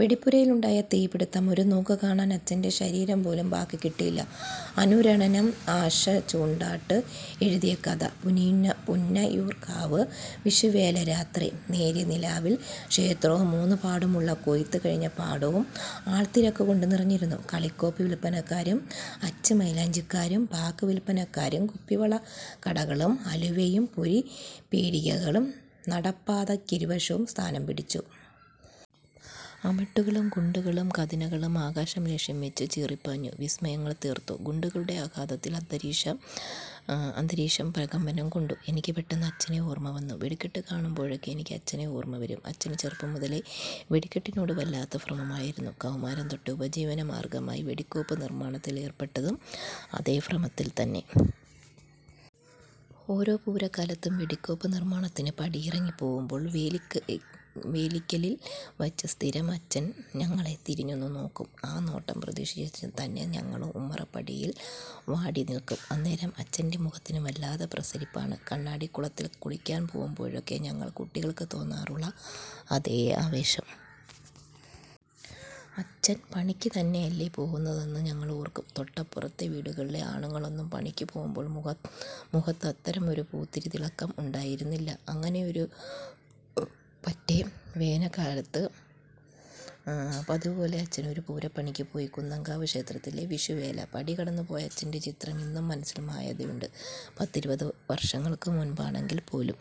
വെടിപ്പുരയിലുണ്ടായ തീപിടുത്തം; 'ഒരുനോക്ക് കാണാൻ അച്ഛന്റെ ശരീരം പോലും ബാക്കി കിട്ടിയില്ല... ' അനുരണനം – ആശ ചുണ്ടാട്ട് എഴുതിയ കഥ പുന്നയൂർകാവ് വിഷുവേല രാത്രി. നേരിയ നിലാവിൽ ക്ഷേത്രവും മൂന്നുപാടുമുള്ള കൊയ്ത്ത് കഴിഞ്ഞ പാടവും ആൾതിരക്കുകൊണ്ട് നിറഞ്ഞിരുന്നു. കളികോപ്പ് വിൽപ്പനക്കാരും, അച്ച് മൈലാഞ്ചിക്കാരും, പാക്ക് വിൽപ്പനക്കാരും, കുപ്പിവള കടകളും, അലുവയും പൊരി പീടികകളും നടപ്പാതക്കിരുവശവും സ്ഥാനം പിടിച്ചു. അമിട്ടുകളും ഗുണ്ടുകളും കതിനകളും ആകാശം ലക്ഷ്യംവച്ച് ചീറി പാഞ്ഞു വിസ്മയങ്ങൾ തീർത്തു. ഗുണ്ടുകളുടെ ആഘാതത്തിൽ അന്തരീക്ഷം പ്രകമ്പനം കൊണ്ടു. എനിക്ക് പെട്ടെന്ന് അച്ഛനെ ഓർമ വന്നു. വെടിക്കെട്ടു കാണുമ്പോഴൊക്കെ എനിക്ക് അച്ഛനെ ഓർമ വരും. അച്ഛന് ചെറുപ്പം മുതലേ വെടിക്കെട്ടിനോട് വല്ലാത്ത ഭ്രമമായിരുന്നു. കൗമാരം തൊട്ടേ ഉപജീവന മാർഗമായി വെടികോപ്പ് നിർമാണത്തിൽ ഏർപ്പെട്ടതും അതേ ഭ്രമത്തിൽതന്നെ. ഓരോ പൂര കാലത്തും വെടികോപ്പ് നിർമാണത്തിനു പടിയിറങ്ങി പോവുമ്പോൾ വേലിക്കലിൽ വച്ച് സ്ഥിരം അച്ഛൻ ഞങ്ങളെ തിരിഞ്ഞൊന്നു നോക്കും. ആ നോട്ടം പ്രതീക്ഷിച്ചു തന്നെ ഞങ്ങളും ഉമ്മറ പടിയിൽ വാടി നിൽക്കും. അന്നേരം അച്ഛന്റെ മുഖത്തിന് വല്ലാത്ത പ്രസരിപ്പാണ്. കണ്ണാടി കുളത്തിൽ കുളിക്കാൻ പോവുമ്പോഴൊക്കെ ഞങ്ങൾ കുട്ടികൾക്ക് തോന്നാറുള്ള അതേ ആവേശം. അച്ഛൻ പണിയ്ക്ക് തന്നെയല്ലേ പോവുന്നതെന്ന് ഞങ്ങൾ ഓർക്കും. തൊട്ടപ്പുറത്തെ വീടുകളിലെ ആണുങ്ങളൊന്നും പണിക്ക് പോവുമ്പോൾ മുഖത്തത്തരമൊരു പൂത്തിരി തിളക്കം ഉണ്ടായിരുന്നില്ല. അങ്ങനെയൊരു പറ്റെ വേനൽ കാലത്ത് പതിവ് പോലെ അച്ഛൻ ഒരു പൂരപണിയ്ക്ക് പോയി, കുന്നംകാവ് ക്ഷേത്രത്തിലെ വിഷു വേല. പടി കടന്ന് പോയ അച്ഛന്റെ ചിത്രം ഇന്നും മനസ്സിൽ മായാതെയുണ്ട്, പത്തിരുപതു വർഷങ്ങൾക്ക് മുൻപാണെങ്കിൽ പോലും.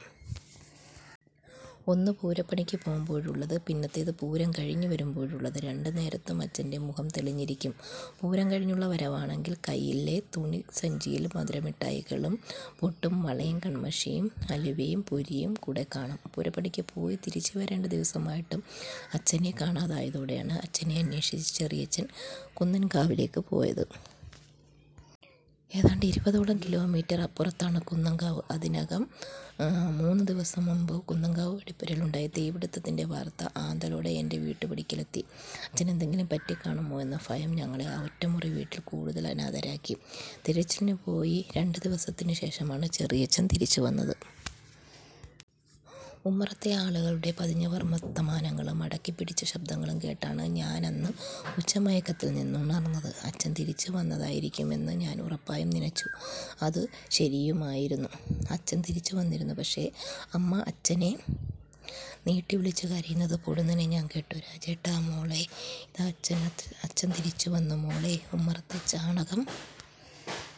ഒന്ന് പൂര പണിക്ക് പോവുമ്പോഴുള്ളത്, പിന്നത്തേത് പൂരം കഴിഞ്ഞ് വരുമ്പോഴുള്ളത്. രണ്ട് നേരത്തും അച്ഛന്റെ മുഖം തെളിഞ്ഞിരിക്കും. പൂരം കഴിഞ്ഞുള്ള വരവാണെങ്കിൽ കയ്യിലെ തുണി സഞ്ചിയിൽ മധുര മിട്ടായികളും, പൊട്ടും വളേം കണ്മഷിയും അലുവേം പൊരിയും കൂടി കാണും. പൂര പണിക്ക് പോയി തിരിച്ചു വരേണ്ട ദിവസമായിട്ടും അച്ഛനെ കാണാതായതോടെയാണ് അച്ഛനെ അന്വേഷിച് ചെറിയച്ഛൻ കുന്നൻ കാവിലേയ്ക്ക് പോയത്. ഏതാണ്ട് ഇരുപതോളം കിലോമീറ്റർ അപ്പുറത്താണ് കുന്നംകാവ്, അതിനകം മൂന്നു ദിവസം മുൻപ് കുന്നൻ കാവ് വെടിപ്പുരയിലുണ്ടായ തീ പിടുത്തത്തിന്റെ വാർത്ത ആന്തലോടെ എന്റെ വീട്ടു പടിക്കലെത്തി. അച്ഛനെന്തെങ്കിലും പറ്റി കാണുമോ എന്ന ഭയം ഞങ്ങളെ ആ ഒറ്റ മുറി വീട്ടിൽ കൂടുതൽ അനാഥരാക്കി. തിരച്ചിലിനു പോയി രണ്ട് ദിവസത്തിനു ശേഷമാണു ചെറിയച്ഛൻ തിരിച്ചു വന്നത്. ഉമ്മറത്തെ ആളുകളുടെ പതിഞ്ഞ വർത്തമാനങ്ങളും അടക്കി പിടിച്ച ശബ്ദങ്ങളും കേട്ടാണ് ഞാനന്ന് ഉച്ച മയക്കത്തിൽ നിന്നുണർന്നത്. അച്ഛൻ തിരിച്ചു വന്നതായിരിക്കാമെന്ന് ഞാൻ ഉറപ്പായും നിനച്ചു. അത് ശരിയുമായിരുന്നു. അച്ഛൻ തിരിച്ചു വന്നിരുന്നു. അമ്മ അച്ഛനെ നീട്ടി വിളിച്ചു കരയുന്നത് പൊടുന്നനെ ഞാൻ കേട്ടു. 'രാജേട്ടാ... മോളേ ഇതാ അച്ഛൻ.. അച്ഛൻ തിരിച്ചു വന്നു മോളേ.. ' ഉമ്മറത്തെ ചാണകം